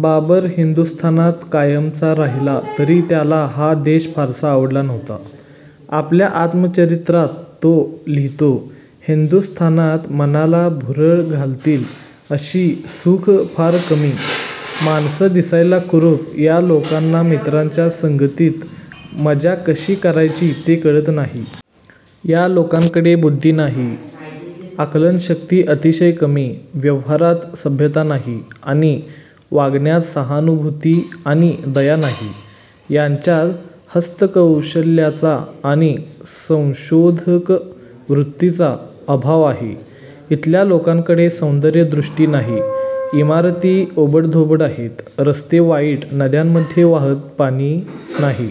बाबर हिंदुस्थानात कायमचा राहिला तरी त्याला हा देश फारसा आवडला नव्हता. आपल्या आत्मचरित्रात तो लिहितो, हिंदुस्थानात मनाला भुरळ घालतील अशी सुखं फार कमी. माणसं दिसायला कुरूप. या लोकांना मित्रांच्या संगतीत मजा कशी करायची ते कळत नाही. या लोकांकडे बुद्धी नाही, आकलनशक्ती अतिशय कमी, व्यवहारांत सभ्यता नाही, आणि वागण्यात सहानुभूती आणि दया नाही. यांच्यात हस्तकौशल्याचा आणि संशोधकवृत्तीचा अभाव आहे. इथल्या लोकांकडे सौंदर्यदृष्टी नाही. इमारती ओबडधोबड आहेत. रस्ते वाईट, नद्यांमध्ये वाहतं पाणी नाही.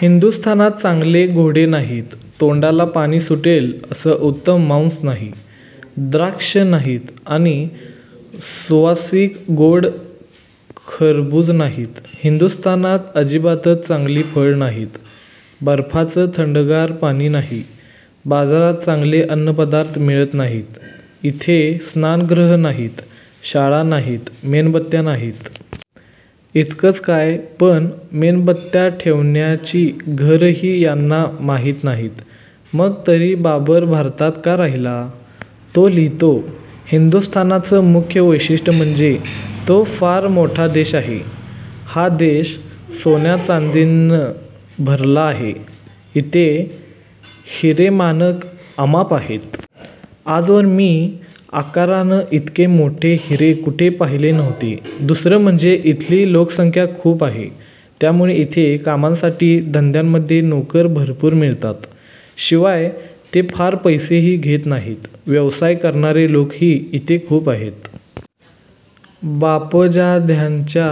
हिंदुस्थानात चांगले घोडे नाहीत, तोंडाला पाणी सुटेल असं उत्तम मांस नाही, द्राक्षं नाहीत आणि सुवासिक, गोड खरबुजं नाहीत. हिंदुस्थानात अजिबातच चांगली फळं नाहीत. बर्फाचं थंडगार पाणी नाही. बाजारात चांगले अन्नपदार्थ मिळत नाहीत. इथे स्नानगृहं नाहीत, शाळा नाहीत, मेणबत्त्या नाहीत. इतकंच काय, पण मेणबत्त्या ठेवण्याची घरंही यांना माहीत नाहीत. मग तरी बाबर भारतात का राहिला? तो लिहितो, हिंदुस्थानाचं मुख्य वैशिष्ट्य म्हणजे तो फार मोठा देश आहे. हा देश सोन्याचांदीनं भरला आहे. इथे हिरेमाणकं अमाप आहेत. आजवर मी आकारानं इतके मोठे हिरे कुठे पाहिले नव्हते. दुसरं म्हणजे इथली लोकसंख्या खूप आहे. त्यामुळे इथे कामांसाठी, धंद्यांमध्ये नोकर भरपूर मिळतात. शिवाय ते फार पैसेही घेत नाहीत. व्यवसाय करणारे लोकही इथे खूप आहेत. बापजाद्यांच्या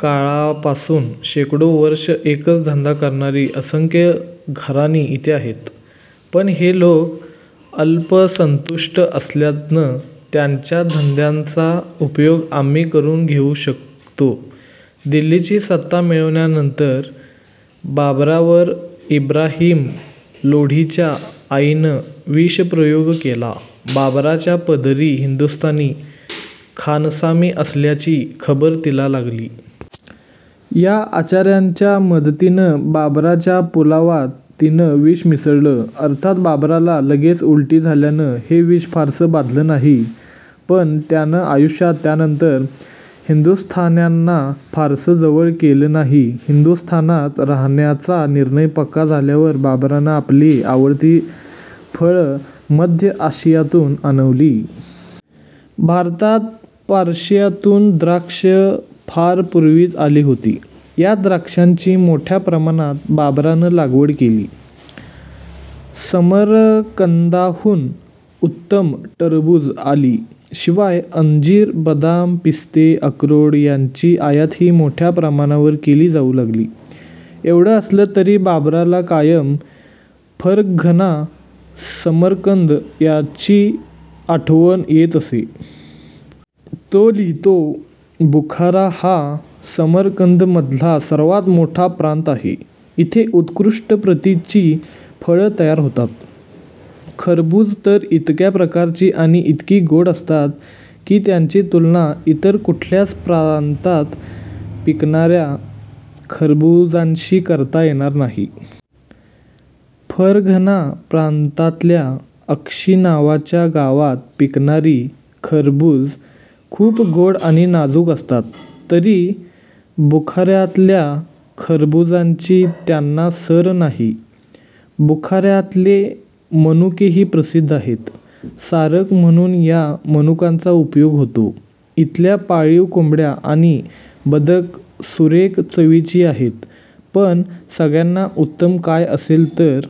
काळापासून शेकडो वर्षं एकच धंदा करणारी असंख्य घराणी इथे आहेत. पण हे लोक अल्पसंतुष्ट असल्यानं यांच्या धंद्यांचा उपयोग आम्ही करून घेऊ शकतो. दिल्लीची सत्ता मिळवल्यानंतर बाबरावर इब्राहिम लोधीच्या आईनं विषप्रयोग केला. बाबराच्या पदरी हिंदुस्थानी खानसामे असल्याची खबर तिला लागली. या आचाऱ्यांच्या मदतीनं बाबराच्या पुलावात तिनं विष मिसळलं. अर्थात बाबराला लगेच उलटी झाल्यानं हे विष फारसं बाधलं नाही, पण त्यानं आयुष्यात त्यानंतर हिंदुस्थान्यांना फारसं जवळ केलं नाही. हिंदुस्थानात राहण्याचा निर्णय पक्का झाल्यावर बाबरानं आपली आवडती फळं मध्य आशियातून आणवली. भारतात पर्शियातून द्राक्षं फार पूर्वीच आली होती. या द्राक्षांची मोठ्या प्रमाणात बाबरानं लागवड केली. समरकंदाहून उत्तम टरबुजं आली. शिवाय अंजीर, बदाम, पिस्ते, अक्रोड यांची आयातही मोठ्या प्रमाणावर केली जाऊ लागली. एवढं असलं तरी बाबराला कायम फरघना, समरकंद यांची आठवण येत असे. तो लिहितो, बुखारा हा समरकंदमधला सर्वांत मोठा प्रांत आहे. इथे उत्कृष्ट प्रतीची फळं तयार होतात. खरबुजं तर इतक्या प्रकारची आणि इतकी गोड असतात की त्यांची तुलना इतर कुठल्याच प्रांतात पिकणाऱ्या खरबुजांशी करता येणार नाही. फरघना प्रांतातल्या अक्षी नावाच्या गावात पिकणारी खरबुजं खूप गोड आणि नाजूक असतात, तरी बुखाऱ्यातल्या खरबुजांची त्यांना सर नाही. बुखाऱ्यातले मनुकेही प्रसिद्ध आहेत. सारक म्हणून या मनुकांचा उपयोग होतो. इथल्या पाळीव कोंबड्या आणि बदकं सुरेख चवीची आहेत. पण सगळ्यांत उत्तम काय असेल तर